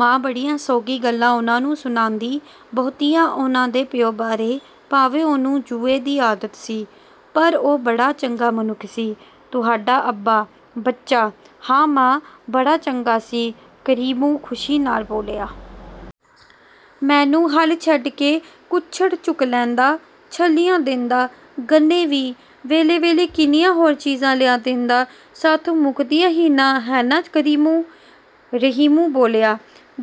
ਮਾਂ ਬੜੀਆਂ ਸੋਗੀ ਗੱਲਾਂ ਉਨ੍ਹਾਂ ਨੂੰ ਸੁਣਾਂਦੀ, ਬਹੁਤੀਆਂ ਉਨ੍ਹਾਂ ਦੇ ਪਿਉ ਬਾਰੇ। "ਭਾਵੇਂ ਉਹਨੂੰ ਜੂਏ ਦੀ ਆਦਤ ਸੀ, ਪਰ ਉਹ ਬੜਾ ਚੰਗਾ ਮਨੁੱਖ ਸੀ, ਤੁਹਾਡਾ ਅੱਬਾ, ਬੱਚਾ। "ਹਾਂ ਮਾਂ, ਬੜਾ ਚੰਗਾ ਸੀ", ਕਰੀਮੂ ਖ਼ੁਸ਼ੀ ਨਾਲ ਬੋਲਿਆ। "ਮੈਨੂੰ ਹਲ ਛੱਡ ਕੇ ਕੁੱਛੜ ਚੁੱਕ ਲੈਂਦਾ, ਛੱਲੀਆਂ ਦਿੰਦਾ, ਗੰਨੇ ਵੀ। ਵੇਲੇ-ਵੇਲੇ ਕਿੰਨੀਆਂ ਹੋਰ ਚੀਜ਼ਾਂ ਲਿਆ ਦਿੰਦਾ। ਸਾਥੋਂ ਮੁਕਦੀਆਂ ਹੀ ਨਾ ਹੈ ਨਾ ਕਰੀਮੂ?" ਰਹੀਮੂ ਬੋਲਿਆ।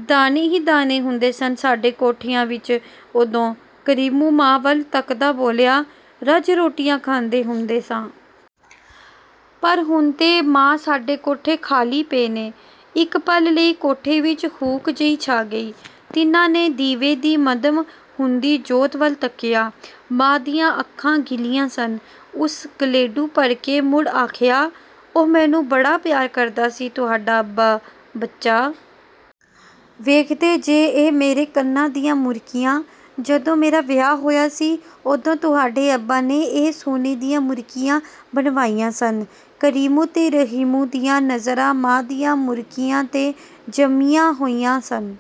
"ਦਾਣੇ ਹੀ ਦਾਣੇ ਹੁੰਦੇ ਸਨ ਸਾਡੇ ਕੋਠਿਆਂ ਵਿੱਚ ਉਦੋਂ", ਕਰੀਮੂ ਮਾਂ ਵੱਲ ਤਕਦਾ ਬੋਲਿਆ, "ਰੱਜ ਰੋਟੀਆਂ ਖਾਂਦੇ ਹੁੰਦੇ ਸਾਂ। ਪਰ ਹੁਣ ਤੇ, ਮਾਂ ਸਾਡੇ ਕੋਠੇ ਖ਼ਾਲੀ ਪਏ ਨੇ। ਇੱਕ ਪਲ ਲਈ ਕੋਠੇ ਵਿੱਚ ਹੂਕ ਜਿਹੀ ਛਾ ਗਈ। ਤਿੰਨਾਂ ਨੇ ਦੀਵੇ ਦੀ ਮੱਧਮ ਹੁੰਦੀ ਜੋਤ ਵੱਲ ਤੱਕਿਆ। ਮਾਂ ਦੀਆਂ ਅੱਖਾਂ ਗਿੱਲੀਆਂ ਸਨ। ਉਸ ਗਲੇਡੂ ਭਰ ਕੇ ਮੁੜ ਆਖਿਆ, "ਉਹ ਮੈਨੂੰ ਬੜਾ ਪਿਆਰ ਕਰਦਾ ਸੀ ਤੁਹਾਡਾ ਅੱਬਾ, ਬੱਚਾ। ਵੇਖਦੇ ਜੇ ਇਹ ਮੇਰੇ ਕੰਨਾਂ ਦੀਆਂ ਮੁਰਕੀਆਂ? ਜਦੋਂ ਮੇਰਾ ਵਿਆਹ ਹੋਇਆ ਸੀ, ਉਦੋਂ ਤੁਹਾਡੇ ਅੱਬਾ ਨੇ ਇਹ ਸੋਨੇ ਦੀਆਂ ਮੁਰਕੀਆਂ ਬਣਵਾਈਆਂ ਸਨ। ਕਰੀਮੂ ਤੇ ਰਹੀਮੂ ਦੀਆਂ ਨਜ਼ਰਾਂ ਮਾਂ ਦੀਆਂ ਮੁਰਕੀਆਂ ਤੇ ਜੰਮੀਆਂ ਹੋਈਆਂ ਸਨ।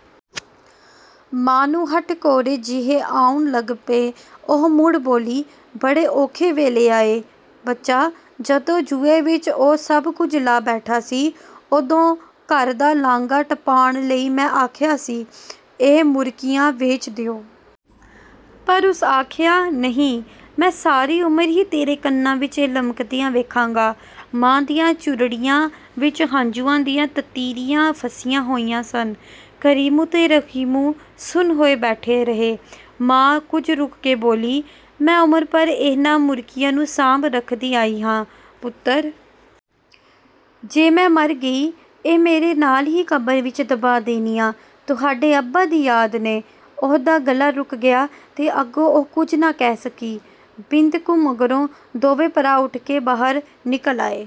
ਮਾਂ ਨੂੰ ਹਟਕੋਰੇ ਜਿਹੇ ਆਉਣ ਲੱਗ ਪਏ। ਉਹ ਮੁੜ ਬੋਲੀ, "ਬੜੇ ਔਖੇ ਵੇਲੇ ਆਏ, ਬੱਚਾ। ਜਦੋਂ ਜੂਏ ਵਿਚ ਉਹ ਸਭ ਕੁਝ ਲਾ ਬੈਠਾ ਸੀ, ਓਦੋਂ ਘਰ ਦਾ ਲਾਂਘਾ ਟਪਾਣ ਲਈ ਮੈਂ ਆਖਿਆ ਸੀ, ਇਹ ਮੁਰਕੀਆਂ ਵੇਚ ਦਿਉ। ਪਰ ਉਸ ਆਖਿਆ ਨਹੀਂ, ਮੈਂ ਸਾਰੀ ਉਮਰ ਹੀ ਤੇਰੇ ਕੰਨਾਂ ਵਿੱਚ ਇਹ ਲਮਕਦੀਆਂ ਵੇਖਾਂਗਾ।" ਮਾਂ ਦੀਆਂ ਝੁਰੜੀਆਂ ਵਿੱਚ ਹੰਝੂਆਂ ਦੀਆਂ ਤਤੀਰੀਆਂ ਫਸੀਆਂ ਹੋਈਆਂ ਸਨ। ਕਰੀਮੂ ਤੇ ਰਹੀਮੂ ਸੁੰਨ ਹੋਏ ਬੈਠੇ ਰਹੇ। ਮਾਂ ਕੁਝ ਰੁਕ ਕੇ ਬੋਲੀ, "ਮੈਂ ਉਮਰ ਭਰ ਇਹਨਾਂ ਮੁਰਕੀਆਂ ਨੂੰ ਸਾਂਭ ਰਖਦੀ ਆਈ ਹਾਂ, ਪੁੱਤਰ। ਜੇ ਮੈਂ ਮਰ ਗਈ, ਇਹ ਮੇਰੇ ਨਾਲ ਹੀ ਕਬਰ ਵਿੱਚ ਦਬਾ ਦੇਣੀਆਂ, ਤੁਹਾਡੇ ਅੱਬਾ ਦੀ ਯਾਦ ਨੇ।" ਉਹਦਾ ਗਲਾ ਰੁਕ ਗਿਆ ਤੇ ਅੱਗੋਂ ਉਹ ਕੁਝ ਨਾ ਕਹਿ ਸਕੀ। ਬਿੰਦ ਕੁ ਮਗਰੋਂ ਦੋਵੇਂ ਭਰਾ ਉੱਠ ਕੇ ਬਾਹਰ ਨਿਕਲ ਆਏ।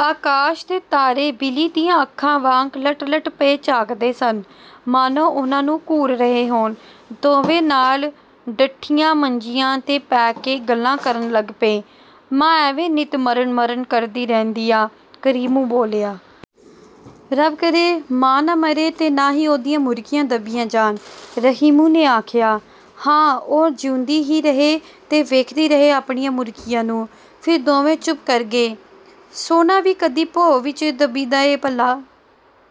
ਆਕਾਸ਼ ਤੇ ਤਾਰੇ ਬਿੱਲੀ ਦੀਆਂ ਅੱਖਾਂ ਵਾਂਗ ਲਟ-ਲਟ ਪਏ ਝਾਕਦੇ ਸਨ, ਮਾਨੋਂ ਉਨ੍ਹਾਂ ਨੂੰ ਘੂਰ ਰਹੇ ਹੋਣ। ਦੋਵੇਂ ਨਾਲ ਡੱਠੀਆਂ ਮੰਜੀਆਂ ਤੇ ਪੈ ਕੇ ਗੱਲਾਂ ਕਰਨ ਲੱਗ ਪਏ। "ਮਾਂ ਐਵੇਂ ਨਿੱਤ ਮਰਨ-ਮਰਨ ਕਰਦੀ ਰਹਿੰਦੀ ਆ", ਕਰੀਮੂ ਬੋਲਿਆ। "ਰੱਬ ਕਰੇ, ਮਾਂ ਨਾ ਮਰੇ ਤੇ ਨਾ ਹੀ ਉਹਦੀਆਂ ਮੁਰਕੀਆਂ ਦੱਬੀਆਂ ਜਾਣ", ਰਹੀਮੂ ਨੇ ਆਖਿਆ। "ਹਾਂ ਉਹ ਜਿਉਂਦੀ ਹੀ ਰਹੇ ਤੇ ਵੇਖਦੀ ਰਹੇ ਆਪਣੀਆਂ ਮੁਰਕੀਆਂ ਨੂੰ। " ਫਿਰ ਦੋਵੇਂ ਚੁੱਪ ਕਰ ਗਏ। "ਸੋਨਾ ਵੀ ਕਦੀ ਭੋਂ ਵਿਚ ਦੱਬੀਂਦਾ ਏ ਭਲਾ?"